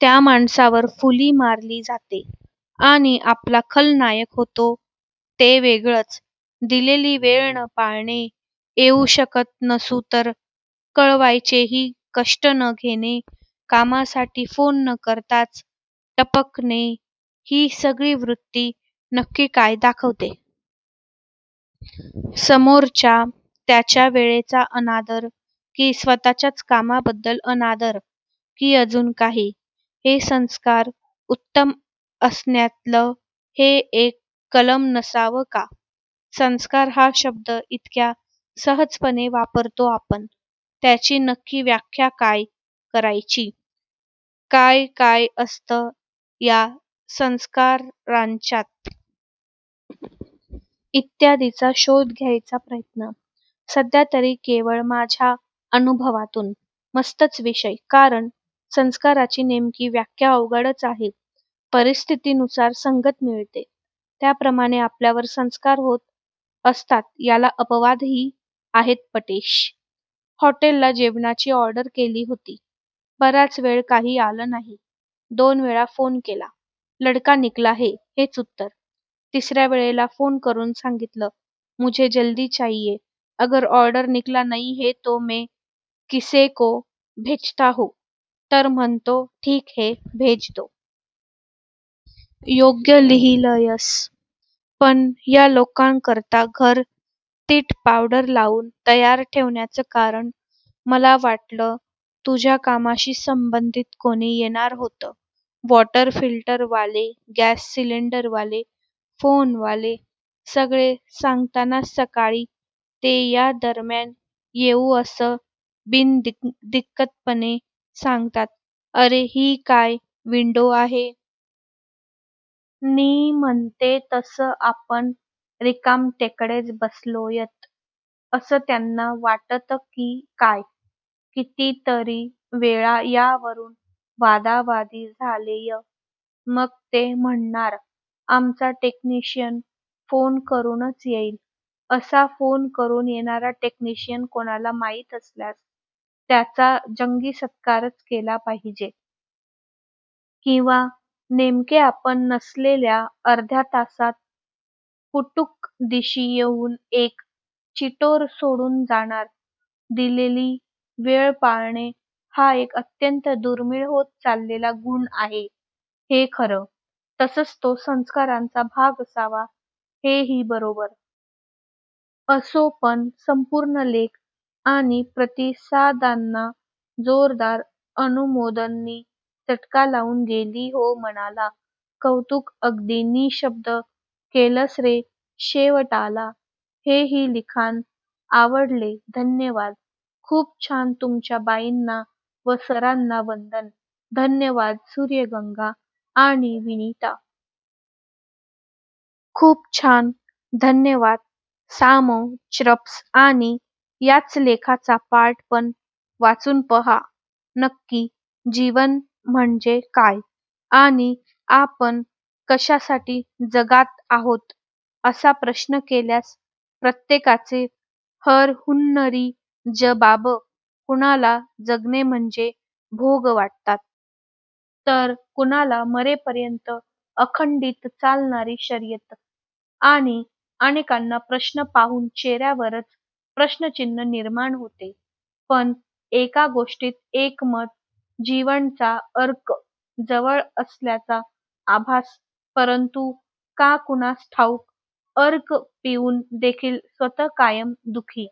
त्या माणसावर फुली मारली जाते. आणि आपला खलनायक होतो ते वेगळंच. दिलेली वेळ न पाळणे, येऊ शकत नसू तर कळवायचेही कष्ट न घेणे, कामासाठी फोन न करताच टपकणे ही सगळी वृत्ती नक्की काय दाखवते? समोरच्याचा/ त्याच्या वेळेचा अनादर? की स्वतःच्याच कामाबद्दल अनादर? की अजून काही? हे संस्कार उत्तम असण्यातलं हे एक कलम नसावं का? संस्कार हा शब्द इतक्या सहजपणे वापरतो आपण. त्याची नक्की व्याख्या काय करायची? काय काय असतं या संस्कारांच्यात? इत्यादीचा शोध घ्यायचा प्रयत्न. सध्यातरी केवळ माझ्या अनुभवातून. मस्तच विषय, कारण संस्काराची नेमकी व्याख्या अवघडच आहे, परिस्थितीनुसार संगत मिळते, त्याप्रमाणे आपल्यावर संस्कार होत असतातयाला अपवाद ही आहेतपटेश! हॉटेल ला जेवणाची ऑर्डर केली होती, बराच वेळ काही आलं नाही, दोन वेळा फोन केला 'लडका निकला है' हेच उत्तर, तिसर्या वेळेला फोन करुन सांगितल 'मुझे जल्दी चाहिये अगर ऑर्डर निकला नही है तो मै किसे को भेजता हु'तर म्हणतो ठिक है भेज दो.. योग्य लिहिलयस. पण या लोकांकरता घर तीटपावडरलावून तयार ठेवण्याचं कारण? मला वाटलं तुझ्या कामाशी संबंधित कोणी येणार होतं. वॉटर फिल्टरवाले, गॅससिलिंडरवाले, फोनवाले, सगळे सांगतानाच सकाळी ते या दरम्यान येऊ असं बिनदिक्कितपणे सांगतात. अरे ही काय विंडो आहे? नी म्हणते तसं आपण रिकामटेकडेच बसलोयत असं त्यांना वाटत की काय. कितीतरी वेळा यावरून वादावादी झालेय. मग ते म्हणणार "आमचा टेक्निशियन फोन करूनच येईल. " असा फोन करून येणारा टेक्निशियन कोणाला माहित असल्यास त्याचा जंगी सत्कारच केला पाहिजे. किंवा नेमके आपण नसलेल्या अर्ध्या तासात पुटुकदिशी येऊन एक चिठोरं सोडून जाणार. दिलेली वेळ पाळणे हा एक अत्यंत दुर्मिळ होत चालेलेला गुण आहे हे खरं. तसंच तो संस्कारांचा भाग असावा हे ही बरोबर. असो पण.. संपूर्ण लेख आणि प्रतिसादांना जोरदार अनुमोदननी, चटका लावुन गेली हो मनाला! कौतूक, अगदी निशब्द केलस रे शेवटाला. हे ही लिखाण आवडलेधन्यवाद. खूप छानतुमच्या बाईंना व सरांना वंदन __/\_ _धन्यवाद सुर्यगंगा आणि विनिता. खूप छानधन्यवाद सामो, च्रप्स आणि. याच लेखाचा पार्ट पण वाचून पहा नक्की 'जीवन म्हणजे काय? ' आणि 'आपण कशासाठी जगात आहोत? ' असा प्रश्न केल्यास प्रत्येकाचे हरहुन्नरी जबाब. कुणाला जगणे म्हणजे 'भोग' वाटतात. तर कुणाला मरेपर्यंत अखंडित चालणारी शर्यत. आणि अनेकांना प्रश्न पाहून चेहऱ्यावरच प्रश्नचिन्ह निर्माण होते. पण एका गोष्टीत एकमत. जीवनचा 'अर्क' जवळ असल्याचा आभास. परंतु, का कुणास ठाऊक अर्क पिऊन देखील स्वतः कायम दु:खी.